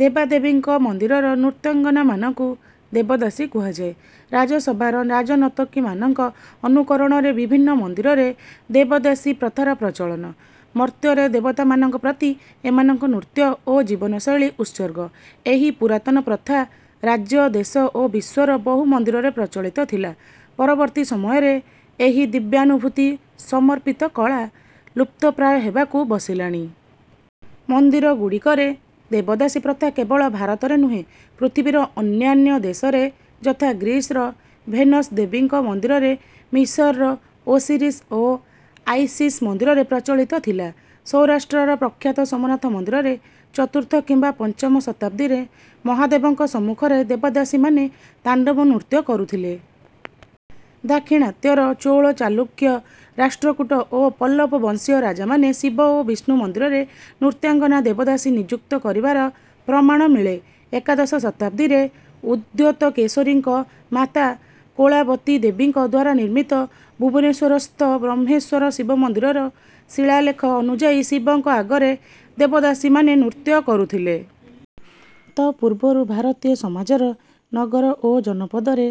ଦେବାଦେବୀଙ୍କ ମନ୍ଦିରର ନୃତ୍ୟାଙ୍ଗନାମାନଙ୍କୁ ଦେବଦାସୀ କୁହାଯାଏ। ରାଜସଭାର ରାଜନର୍ତ୍ତକୀମାନଙ୍କ ଅନୁକରଣରେ ବିଭିନ୍ନ ମନ୍ଦିରରେ ଦେବଦାସୀ ପ୍ରଥାର ପ୍ରଚଳନ। ମର୍ତ୍ତ୍ୟରେ ଦେବତାମାନଙ୍କ ପ୍ରତି ଏମାନଙ୍କ ନୃତ୍ୟ ଓ ଜୀବନଶୈଳୀ ଉତ୍ସର୍ଗ। ଏହି ପୁରାତନ ପ୍ରଥା ରାଜ୍ୟ ଦେଶ ଓ ବିଶ୍ୱର ବହୁ ମନ୍ଦିରରେ ପ୍ରଚଳିତ ଥିଲା। ପରବର୍ତ୍ତୀ ସମୟରେ ଏହି ଦିବ୍ୟାନୁଭୂତି ସମର୍ପିତ କଳା ଲୁପ୍ତପ୍ରାୟ ହେବାକୁ ବସିଲାଣି। ମନ୍ଦିରଗୁଡ଼ିକରେ ଦେବଦାସୀ ପ୍ରଥା କେବଳ ଭାରତରେ ନୁହେଁ ପୃଥିବୀର ଅନ୍ୟାନ୍ୟ ଦେଶରେ ଯଥା ଗ୍ରୀସର ଭେନସ ଦେବୀଙ୍କ ମନ୍ଦିରରେ ମିଶରର ଓସିରିସ ଓ ଆଇସିସ ମନ୍ଦିରରେ ପ୍ରଚଳିତ ଥିଲା। ସୌରାଷ୍ଟ୍ରର ପ୍ରଖ୍ୟାତ ସୋମନାଥ ମନ୍ଦିରରେ ଚତୁର୍ଥ କିମ୍ବା ପଞ୍ଚମ ଶତାବ୍ଦୀରେ ମହାଦେବଙ୍କ ସମ୍ମୁଖରେ ଦେବଦାସୀମାନେ ତାଣ୍ଡବ ନୃତ୍ୟ କରୁଥିଲେ। ଦାକ୍ଷିଣାତ୍ୟର ଚୋଳ ଚାଲୁକ୍ୟ ରାଷ୍ଟ୍ରକୂଟ ଓ ପଲ୍ଲବ ବଂଶୀୟ ରାଜାମାନେ ଶିବ ଓ ବିଷ୍ଣୁ ମନ୍ଦିରରେ ନୃତ୍ୟାଙ୍ଗନା ଦେବଦାସୀ ନିଯୁକ୍ତ କରିବାର ପ୍ରମାଣ ମିଳେ। ଏକାଦଶ ଶତାବ୍ଦୀରେ ଉଦ୍ୟୋତକେଶରୀଙ୍କ ମାତା କୋଳାବତୀଙ୍କ ଦ୍ୱାରା ନିର୍ମିତ ଭୁବନେଶ୍ୱରସ୍ଥ ବ୍ରହ୍ମେଶ୍ୱର ଶିବମନ୍ଦିରର ଶିଳାଲେଖ ଅନୁଯାୟୀ ଶିବଙ୍କ ଆଗରେ ଦେବଦାସୀମାନେ ନୃତ୍ୟ କରୁଥିଲେ। ତତ୍ପୂର୍ବରୁ ଭାରତୀୟ ସମାଜର ନଗର ଓ ଜନପଦରେ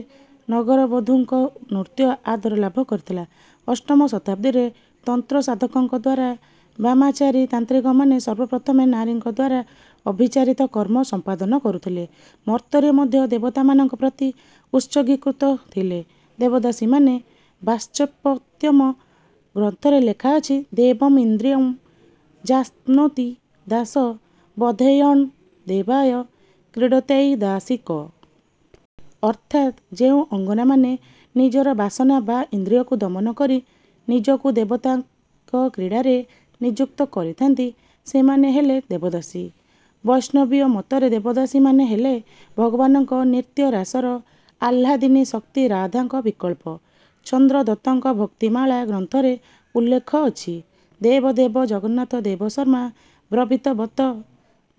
ନଗରବଧୂଙ୍କ ନୃତ୍ୟ ଆଦର ଲାଭ କରିଥିଲା। ଅଷ୍ଟମ ଶତାବ୍ଦୀରେ ତନ୍ତ୍ରସାଧକଙ୍କ ଦ୍ୱାରା ବାମାଚାରୀ ତାନ୍ତ୍ରିକମାନେ ସର୍ବପ୍ରଥମେ ନାରୀଙ୍କ ଦ୍ୱାରା ଅଭିଚାରିତ କର୍ମ ସମ୍ପାଦନ କରୁଥିଲେ। ମର୍ତ୍ତ୍ୟରେ ମଧ୍ୟ ଦେବତାମାନଙ୍କ ପ୍ରତି ଉତ୍ସର୍ଗୀକୃତ ଥିଲେ ଦେବଦାସୀମାନେ। ବାଚସ୍ପତ୍ୟମ ଗ୍ରନ୍ଥରେ ଲେଖାଅଛି ଦେବଂ ଇନ୍ଦ୍ରିୟଂ ଯାସ୍ନୋତି ଦାସ ବଧେୟଣ୍ ଦେବାୟ କ୍ରୀଡ଼ାତୈ ଦାସିକ। ଅର୍ଥାତ୍ ଯେଉଁ ଅଙ୍ଗନାମାନେ ନିଜର ବାସନା ବା ଇନ୍ଦ୍ରିୟକୁ ଦମନ କରି ନିଜକୁ ଦେବତାଙ୍କ କ୍ରୀଡ଼ାରେ ନିଯୁକ୍ତ କରିଥାନ୍ତି ସେମାନେ ହେଲେ ଦେବଦାସୀ। ବୈଷ୍ଣବୀୟ ମତରେ ଦେବଦାସୀମାନେ ହେଲେ ଭଗବାନଙ୍କ ନିତ୍ୟରାସର ଆହ୍ଲାଦିନୀ ଶକ୍ତି ରାଧାଙ୍କ ବିକଳ୍ପ। ଚନ୍ଦ୍ରଦତ୍ତଙ୍କ ଭକ୍ତିମାଳା ଗ୍ରନ୍ଥରେ ଉଲ୍ଲେଖ ଅଛି ଦେବ ଦେବ ଜଗନ୍ନାଥ ଦେବଶର୍ମା ବ୍ରବୀତ ବତଃ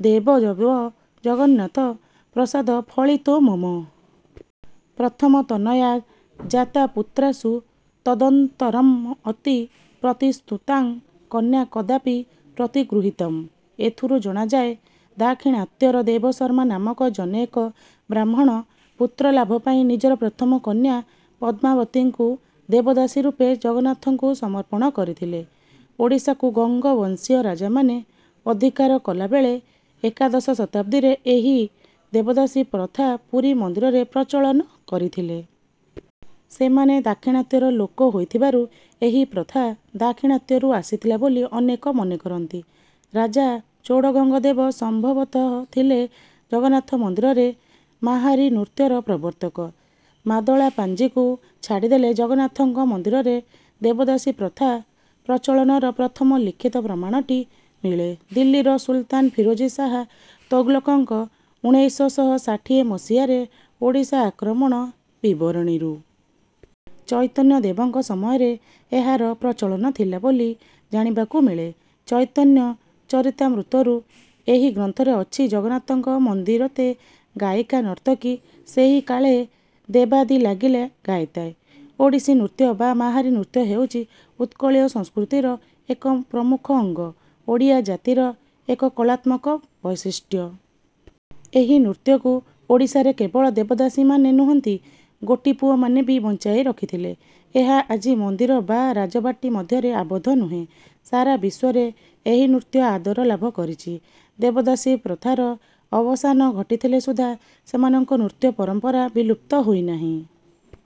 ଦେବ ଦେବ ଜଗନ୍ନାଥ ପ୍ରସାଦ ଫଳିତୋ ମମ। ପ୍ରଥମ ତନୟା ଜାତା ପୁତ୍ରାସୁ ତଦନନ୍ତରମ ଅତି ପ୍ରତିଶ୍ରୁତାଂ କନ୍ୟା କଦାପି ପ୍ରତିଗୃହୀତମ। ଏଥିରୁ ଜଣାଯାଏ ଦାକ୍ଷିଣାତ୍ୟର ଦେବଶର୍ମା ନାମକ ଜନୈକ ବ୍ରାହ୍ମଣ ପୁତ୍ରଲାଭ ପାଇଁ ନିଜର ପ୍ରଥମ କନ୍ୟା ପଦ୍ମାବତୀଙ୍କୁ ଦେବଦାସୀ ରୂପେ ଜଗନ୍ନାଥଙ୍କୁ ସମର୍ପଣ କରିଥିଲେ। ଓଡ଼ିଶାକୁ ଗଙ୍ଗବଂଶୀୟ ରାଜାମାନେ ଅଧିକାର କଲାବେଳେ ଏକାଦଶ ଶତାବ୍ଦୀରେ ଏହି ଦେବଦାସୀ ପ୍ରଥା ପୁରୀ ମନ୍ଦିରରେ ପ୍ରଚଳନ କରିଥିଲେ। ସେମାନେ ଦାକ୍ଷିଣାତ୍ୟର ଲୋକ ହୋଇଥିବାରୁ ଏହି ପ୍ରଥା ଦାକ୍ଷିଣାତ୍ୟରୁ ଆସିଥିଲା ବୋଲି ଅନେକ ମନେକରନ୍ତି। ରାଜା ଚୋଡ଼ଗଙ୍ଗଦେବ ସମ୍ଭବତଃ ଥିଲେ ଜଗନ୍ନାଥ ମନ୍ଦିରରେ ମାହାରୀ ନୃତ୍ୟର ପ୍ରବର୍ତ୍ତକ। ମାଦଳା ପାଞ୍ଜିକୁ ଛାଡ଼ିଦେଲେ ଜଗନ୍ନାଥଙ୍କ ମନ୍ଦିରରେ ଦେବଦାସୀ ପ୍ରଥା ପ୍ରଚଳନର ପ୍ରଥମ ଲିଖିତ ପ୍ରମାଣଟି ମିଳେ ଦିଲ୍ଲୀର ସୁଲତାନ ଫିରୋଜ ଶାହ ତୋଗଲକଙ୍କ ଉଣେଇଶ ଶହ ଷାଠିଏ ମସିହାରେ ଓଡ଼ିଶା ଆକ୍ରମଣ ବିବରଣୀରୁ। ଚୈତନ୍ୟଦେବଙ୍କ ସମୟରେ ଏହାର ପ୍ରଚଳନ ଥିଲା ବୋଲି ଜାଣିବାକୁ ମିଳେ ଚୈତନ୍ୟ ଚରିତାମୃତରୁ। ଏହି ଗ୍ରନ୍ଥରେ ଅଛି ଜଗନ୍ନାଥ ମନ୍ଦିରତେ ଗାୟିକା ନର୍ତ୍ତକୀ ସେଇ କାଳେ ଦେବାଦୀ ଲାଗିଲା ଗାଇତେ। ଓଡ଼ିଶୀ ନୃତ୍ୟ ବା ମାହାରୀ ନୃତ୍ୟ ହେଉଛି ଉତ୍କଳୀୟ ସଂସ୍କୃତିର ଏକ ପ୍ରମୁଖ ଅଙ୍ଗ ଓଡ଼ିଆ ଜାତିର ଏକ କଳାତ୍ମକ ବୈଶିଷ୍ଟ୍ୟ। ଏହି ନୃତ୍ୟକୁ ଓଡ଼ିଶାରେ କେବଳ ଦେବଦାସୀମାନେ ନୁହନ୍ତି ଗୋଟିପୁଅମାନେ ବି ବଞ୍ଚାଇ ରଖିଥିଲେ। ଏହା ଆଜି ମନ୍ଦିର ବା ରାଜବାଟୀ ମଧ୍ୟରେ ଆବଦ୍ଧ ନୁହେଁ। ସାରା ବିଶ୍ୱରେ ଏହି ନୃତ୍ୟ ଆଦର ଲାଭ କରିଛି। ଦେବଦାସୀ ପ୍ରଥାର ଅବସାନ ଘଟିଥିଲେ ସୁଦ୍ଧା ସେମାନଙ୍କ ନୃତ୍ୟ ପରମ୍ପରା ବିଲୁପ୍ତ ହୋଇନାହିଁ।